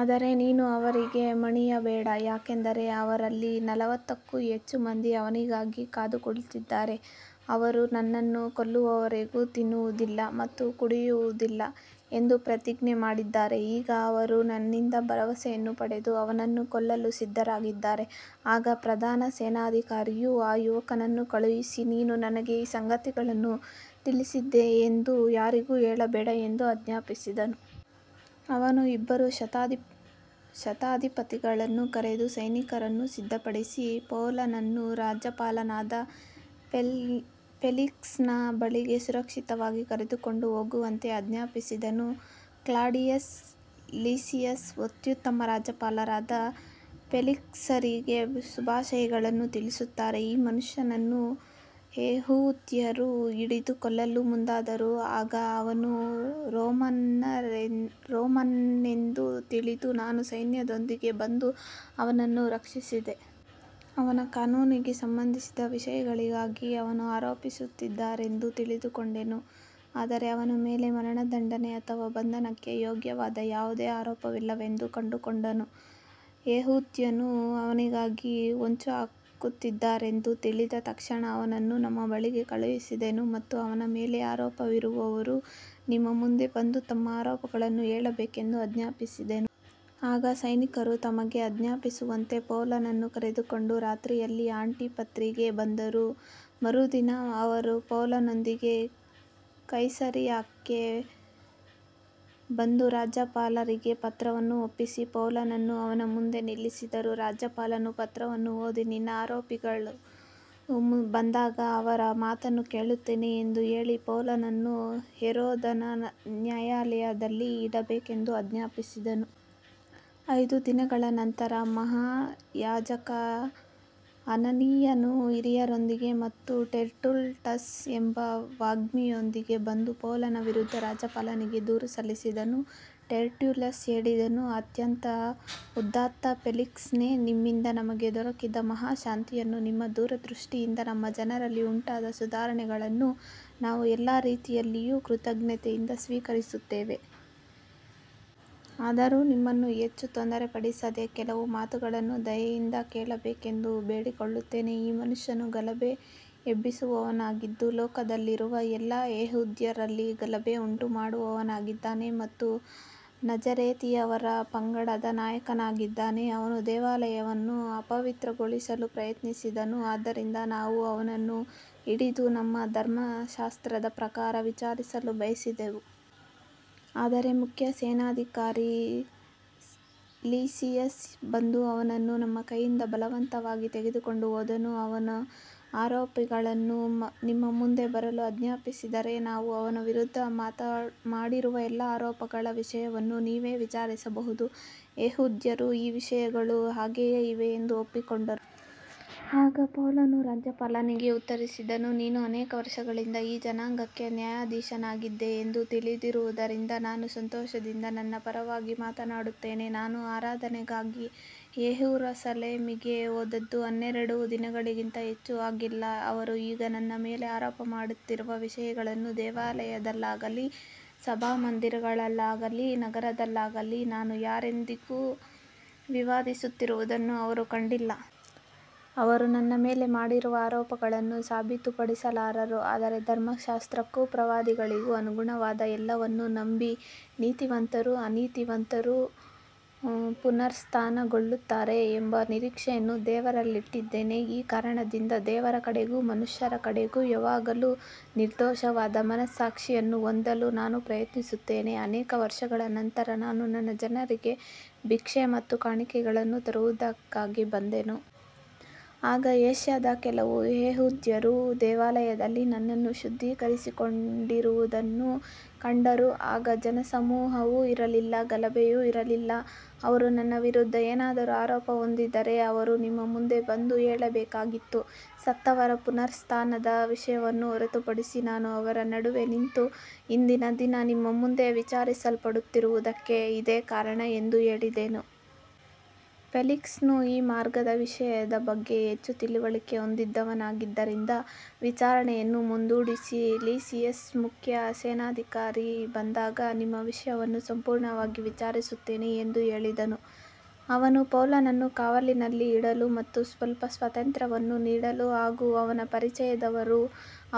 ಆದರೆ ನೀನು ಅವರಿಗೆ ಮಣಿಯಬೇಡ, ಯಾಕಂದರೆ ಅವರಲ್ಲಿ ನಲವತ್ತಕ್ಕೂ ಹೆಚ್ಚು ಮಂದಿ ಅವನಿಗಾಗಿ ಕಾದು ಕುಳಿತಿದ್ದಾರೆ. ಅವರು ಅವನನ್ನು ಕೊಲ್ಲುವವರೆಗೂ ತಿನ್ನುವುದಿಲ್ಲ ಮತ್ತು ಕುಡಿಯುವುದಿಲ್ಲ ಎಂದು ಪ್ರತಿಜ್ಞೆ ಮಾಡಿದ್ದಾರೆ. ಈಗ ಅವರು ನಿನ್ನಿಂದ ಭರವಸೆಯನ್ನು ಪಡೆದು ಅವನನ್ನು ಕೊಲ್ಲಲು ಸಿದ್ಧರಾಗಿದ್ದಾರೆ. ಆಗ ಪ್ರಧಾನ ಸೇನಾಧಿಕಾರಿಯು ಆ ಯುವಕನನ್ನು ಕಳುಹಿಸಿ, ನೀನು ನನಗೆ ಈ ಸಂಗತಿಗಳನ್ನು ತಿಳಿಸಿದ್ದೀಯೆಂದು ಯಾರಿಗೂ ಹೇಳಬೇಡ ಎಂದು ಆಜ್ಞಾಪಿಸಿದನು. ಅವನು ಇಬ್ಬರು ಶತಾಧಿಪತಿಗಳನ್ನು ಕರೆದು, ಸೈನಿಕರನ್ನು ಸಿದ್ಧಪಡಿಸಿ ಪೌಲನನ್ನು ರಾಜ್ಯಪಾಲನಾದ ಫೆಲಿಕ್ಸನ ಬಳಿಗೆ ಸುರಕ್ಷಿತವಾಗಿ ಕರೆದುಕೊಂಡು ಹೋಗುವಂತೆ ಆಜ್ಞಾಪಿಸಿದನು. ಕ್ಲಾಡಿಯಸ್ ಲಿಸಿಯಸ್ ಅತ್ಯುತ್ತಮ ರಾಜ್ಯಪಾಲರಾದ ಫೆಲಿಕ್ಸರಿಗೆ ಶುಭಾಶಯಗಳನ್ನು ತಿಳಿಸುತ್ತಾನೆ. ಈ ಮನುಷ್ಯನನ್ನು ಯೆಹೂದ್ಯರು ಹಿಡಿದು ಕೊಲ್ಲಲು ಮುಂದಾದರು. ಆಗ ಅವನು ರೋಮನ್ನನೆಂದು ತಿಳಿದು ನಾನು ಸೈನ್ಯದೊಂದಿಗೆ ಬಂದು ಅವನನ್ನು ರಕ್ಷಿಸಿದೆ. ಅವನ ಕಾನೂನಿಗೆ ಸಂಬಂಧಿಸಿದ ವಿಷಯಗಳಿಗಾಗಿ ಅವರು ಆರೋಪಿಸುತ್ತಿದ್ದಾರೆಂದು ತಿಳಿದುಕೊಂಡೆನು. ಆದರೆ ಅವನ ಮೇಲೆ ಮರಣದಂಡನೆ ಅಥವಾ ಬಂಧನಕ್ಕೆ ಯೋಗ್ಯವಾದ ಯಾವುದೇ ಆರೋಪವಿಲ್ಲವೆಂದು ಕಂಡುಕೊಂಡೆನು. ಯೆಹೂದ್ಯರು ಅವನಿಗಾಗಿ ಹೊಂಚುಹಾಕುತ್ತಿದ್ದಾರೆಂದು ತಿಳಿದ ತಕ್ಷಣ ಅವನನ್ನು ನಿಮ್ಮ ಬಳಿಗೆ ಕಳುಹಿಸಿದೆನು ಮತ್ತು ಅವನ ಮೇಲೆ ಆರೋಪವಿರುವವರು ನಿಮ್ಮ ಮುಂದೆ ಬಂದು ತಮ್ಮ ಆರೋಪಗಳನ್ನು ಹೇಳಬೇಕೆಂದು ಆಜ್ಞಾಪಿಸಿದೆನು. ಆಗ ಸೈನಿಕರು ತಮಗೆ ಆಜ್ಞಾಪಿಸಿದಂತೆ ಪೌಲನನ್ನು ಕರೆದುಕೊಂಡು ರಾತ್ರಿಯಲ್ಲಿ ಆಂಟಿಪತ್ರಿಗೆ ಬಂದರು. ಮರುದಿನ ಅವರು ಪೌಲನೊಂದಿಗೆ ಕೈಸರಿಯಾಕ್ಕೆ ಬಂದು ರಾಜ್ಯಪಾಲರಿಗೆ ಪತ್ರವನ್ನು ಒಪ್ಪಿಸಿ ಪೌಲನನ್ನು ಅವನ ಮುಂದೆ ನಿಲ್ಲಿಸಿದರು. ರಾಜ್ಯಪಾಲನು ಪತ್ರವನ್ನು ಓದಿ, ನಿನ್ನ ಆರೋಪಿಗಳು ಬಂದಾಗ ಅವರ ಮಾತನ್ನು ಕೇಳುತ್ತೇನೆ ಎಂದು ಹೇಳಿ, ಪೌಲನನ್ನು ಹೆರೋದನ ನ್ಯಾಯಾಲಯದಲ್ಲಿ ಇಡಬೇಕೆಂದು ಆಜ್ಞಾಪಿಸಿದನು. ಐದು ದಿನಗಳ ನಂತರ ಮಹಾಯಾಜಕ ಅನನೀಯನು ಹಿರಿಯರೊಂದಿಗೆ ಮತ್ತು ಟೆರ್ಟುಲ್ಲಸ್ ಎಂಬ ವಾಗ್ಮಿಯೊಂದಿಗೆ ಬಂದು ಪೌಲನ ವಿರುದ್ಧ ರಾಜ್ಯಪಾಲನಿಗೆ ದೂರು ಸಲ್ಲಿಸಿದನು. ಟೆರ್ಟುಲ್ಲಸ್ ಹೇಳಿದನು, ಅತ್ಯಂತ ಉದಾತ್ತ ಫೆಲಿಕ್ಸನೇ, ನಿಮ್ಮಿಂದ ನಮಗೆ ದೊರಕಿದ ಮಹಾ ಶಾಂತಿಯನ್ನೂ ನಿಮ್ಮ ದೂರದೃಷ್ಟಿಯಿಂದ ನಮ್ಮ ಜನರಲ್ಲಿ ಉಂಟಾದ ಸುಧಾರಣೆಗಳನ್ನೂ ನಾವು ಎಲ್ಲ ರೀತಿಯಲ್ಲಿಯೂ ಕೃತಜ್ಞತೆಯಿಂದ ಸ್ವೀಕರಿಸುತ್ತೇವೆ. ಆದರೂ ನಿಮ್ಮನ್ನು ಹೆಚ್ಚು ತೊಂದರೆಪಡಿಸದೆ ಕೆಲವು ಮಾತುಗಳನ್ನು ದಯೆಯಿಂದ ಕೇಳಬೇಕೆಂದು ಬೇಡಿಕೊಳ್ಳುತ್ತೇನೆ. ಈ ಮನುಷ್ಯನು ಗಲಭೆ ಎಬ್ಬಿಸುವವನಾಗಿದ್ದು, ಲೋಕದಲ್ಲಿರುವ ಎಲ್ಲ ಯೆಹೂದ್ಯರಲ್ಲಿ ಗಲಭೆ ಉಂಟುಮಾಡುವವನಾಗಿದ್ದಾನೆ ಮತ್ತು ನಜರೇತಿನವರ ಪಂಗಡದ ನಾಯಕನಾಗಿದ್ದಾನೆ. ಅವನು ದೇವಾಲಯವನ್ನು ಅಪವಿತ್ರಗೊಳಿಸಲು ಪ್ರಯತ್ನಿಸಿದನು. ಆದ್ದರಿಂದ ನಾವು ಅವನನ್ನು ಹಿಡಿದು ನಮ್ಮ ಧರ್ಮಶಾಸ್ತ್ರದ ಪ್ರಕಾರ ವಿಚಾರಿಸಲು ಬಯಸಿದೆವು. ಆದರೆ ಮುಖ್ಯ ಸೇನಾಧಿಕಾರಿ ಲಿಸಿಯಸ್ ಬಂದು ಅವನನ್ನು ನಮ್ಮ ಕೈಯಿಂದ ಬಲವಂತವಾಗಿ ತೆಗೆದುಕೊಂಡು ಹೋದನು. ಅವನ ಆರೋಪಿಗಳನ್ನು ನಿಮ್ಮ ಮುಂದೆ ಬರಲು ಆಜ್ಞಾಪಿಸಿದರೆ, ನಾವು ಅವನ ವಿರುದ್ಧ ಮಾಡಿರುವ ಎಲ್ಲಾ ಆರೋಪಗಳ ವಿಷಯವನ್ನು ನೀವೇ ವಿಚಾರಿಸಬಹುದು. ಯೆಹೂದ್ಯರೂ ಈ ವಿಷಯಗಳು ಹಾಗೆಯೇ ಇವೆ ಎಂದು ಒಪ್ಪಿಕೊಂಡರು. ಆಗ ಪೌಲನು ರಾಜ್ಯಪಾಲನಿಗೆ ಉತ್ತರಿಸಿದನು, ನೀನು ಅನೇಕ ವರ್ಷಗಳಿಂದ ಈ ಜನಾಂಗಕ್ಕೆ ನ್ಯಾಯಾಧೀಶನಾಗಿದ್ದೀಯೆಂದು ತಿಳಿದಿರುವುದರಿಂದ ನಾನು ಸಂತೋಷದಿಂದ ನನ್ನ ಪರವಾಗಿ ಮಾತನಾಡುತ್ತೇನೆ. ನಾನು ಆರಾಧನೆಗಾಗಿ ಯೆರೂಸಲೇಮಿಗೆ ಹೋದದ್ದು ಹನ್ನೆರಡು ದಿನಗಳಿಗಿಂತ ಹೆಚ್ಚು ಆಗಿಲ್ಲ. ಅವರು ಈಗ ನನ್ನ ಮೇಲೆ ಆರೋಪ ಮಾಡುತ್ತಿರುವ ವಿಷಯಗಳನ್ನು ದೇವಾಲಯದಲ್ಲಾಗಲಿ ಸಭಾಮಂದಿರಗಳಲ್ಲಾಗಲಿ ನಗರದಲ್ಲಾಗಲಿ ನಾನು ಯಾರೊಂದಿಗೂ ವಿವಾದಿಸುತ್ತಿರುವುದನ್ನು ಅವರು ಕಂಡಿಲ್ಲ. ಅವರು ನನ್ನ ಮೇಲೆ ಮಾಡಿರುವ ಆರೋಪಗಳನ್ನು ಸಾಬೀತುಪಡಿಸಲಾರರು. ಆದರೆ ಧರ್ಮಶಾಸ್ತ್ರಕ್ಕೂ ಪ್ರವಾದಿಗಳಿಗೂ ಅನುಗುಣವಾದ ಎಲ್ಲವನ್ನೂ ನಂಬಿ, ನೀತಿವಂತರೂ ಅನೀತಿವಂತರೂ ಪುನರುತ್ಥಾನಗೊಳ್ಳುತ್ತಾರೆ ಎಂಬ ನಿರೀಕ್ಷೆಯನ್ನು ದೇವರಲ್ಲಿಟ್ಟಿದ್ದೇನೆ. ಈ ಕಾರಣದಿಂದ ದೇವರ ಕಡೆಗೂ ಮನುಷ್ಯರ ಕಡೆಗೂ ಯಾವಾಗಲೂ ನಿರ್ದೋಷವಾದ ಮನಸ್ಸಾಕ್ಷಿಯನ್ನು ಹೊಂದಲು ನಾನು ಪ್ರಯತ್ನಿಸುತ್ತೇನೆ. ಅನೇಕ ವರ್ಷಗಳ ನಂತರ ನಾನು ನನ್ನ ಜನರಿಗೆ ಭಿಕ್ಷೆ ಮತ್ತು ಕಾಣಿಕೆಗಳನ್ನು ತರುವುದಕ್ಕಾಗಿ ಬಂದೆನು. ಆಗ ಏಷ್ಯಾದ ಕೆಲವು ಯೆಹೂದ್ಯರು ದೇವಾಲಯದಲ್ಲಿ ನನ್ನನ್ನು ಶುದ್ಧೀಕರಿಸಿಕೊಂಡಿರುವುದನ್ನು ಕಂಡರು. ಆಗ ಜನಸಮೂಹವೂ ಇರಲಿಲ್ಲ, ಗಲಭೆಯೂ ಇರಲಿಲ್ಲ. ಅವರು ನನ್ನ ವಿರುದ್ಧ ಏನಾದರೂ ಆರೋಪ ಹೊಂದಿದ್ದರೆ ಅವರು ನಿಮ್ಮ ಮುಂದೆ ಬಂದು ಹೇಳಬೇಕಾಗಿತ್ತು. ಸತ್ತವರ ಪುನರುತ್ಥಾನದ ವಿಷಯವನ್ನು ಹೊರತುಪಡಿಸಿ, ನಾನು ಅವರ ನಡುವೆ ನಿಂತು, ಇಂದಿನ ದಿನ ನಿಮ್ಮ ಮುಂದೆ ವಿಚಾರಿಸಲ್ಪಡುತ್ತಿರುವುದಕ್ಕೆ ಇದೇ ಕಾರಣ ಎಂದು ಹೇಳಿದೆನು. ಫೆಲಿಕ್ಸನು ಈ ಮಾರ್ಗದ ವಿಷಯದ ಬಗ್ಗೆ ಹೆಚ್ಚು ತಿಳುವಳಿಕೆ ಹೊಂದಿದ್ದವನಾಗಿದ್ದರಿಂದ ವಿಚಾರಣೆಯನ್ನು ಮುಂದೂಡಿಸಿ, ಲಿಸಿಯಸ್ ಮುಖ್ಯ ಸೇನಾಧಿಕಾರಿ ಬಂದಾಗ ನಿಮ್ಮ ವಿಷಯವನ್ನು ಸಂಪೂರ್ಣವಾಗಿ ವಿಚಾರಿಸುತ್ತೇನೆ ಎಂದು ಹೇಳಿದನು. ಅವನು ಪೌಲನನ್ನು ಕಾವಲಿನಲ್ಲಿ ಇಡಲು ಮತ್ತು ಸ್ವಲ್ಪ ಸ್ವಾತಂತ್ರ್ಯವನ್ನು ನೀಡಲು ಹಾಗೂ ಅವನ ಪರಿಚಯದವರು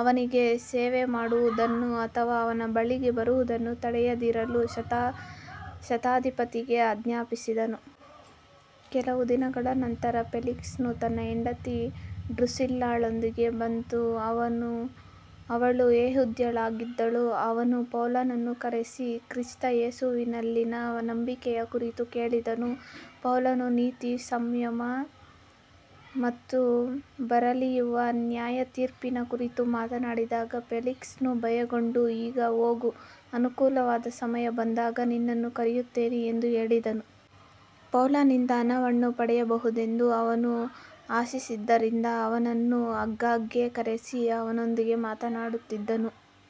ಅವನಿಗೆ ಸೇವೆಮಾಡುವುದನ್ನು ಅಥವಾ ಅವನ ಬಳಿಗೆ ಬರುವುದನ್ನು ತಡೆಯದಿರಲು ಶತಾಧಿಪತಿಗೆ ಆಜ್ಞಾಪಿಸಿದನು. ಕೆಲವು ದಿನಗಳ ನಂತರ ಫೆಲಿಕ್ಸನು ತನ್ನ ಹೆಂಡತಿ ಡ್ರುಸಿಲ್ಲಾಳೊಂದಿಗೆ ಬಂದು, ಅವಳು ಯೆಹೂದ್ಯಳಾಗಿದ್ದಳು. ಅವನು ಪೌಲನನ್ನು ಕರೆಸಿ ಕ್ರಿಸ್ತ ಯೇಸುವಿನಲ್ಲಿನ ನಂಬಿಕೆಯ ಕುರಿತು ಕೇಳಿದನು. ಪೌಲನು ನೀತಿ, ಸಂಯಮ ಮತ್ತು ಬರಲಿರುವ ನ್ಯಾಯತೀರ್ಪಿನ ಕುರಿತು ಮಾತನಾಡಿದಾಗ ಫೆಲಿಕ್ಸನು ಭಯಗೊಂಡು, ಈಗ ಹೋಗು, ಅನುಕೂಲವಾದ ಸಮಯ ಬಂದಾಗ ನಿನ್ನನ್ನು ಕರೆಯುತ್ತೇನೆ ಎಂದು ಹೇಳಿದನು. ಪೌಲನಿಂದ ಹಣವನ್ನು ಪಡೆಯಬಹುದೆಂದು ಅವನು ಆಶಿಸಿದ್ದರಿಂದ ಅವನನ್ನು ಆಗಾಗ್ಗೆ ಕರೆಸಿ ಅವನೊಂದಿಗೆ ಮಾತನಾಡುತ್ತಿದ್ದನು.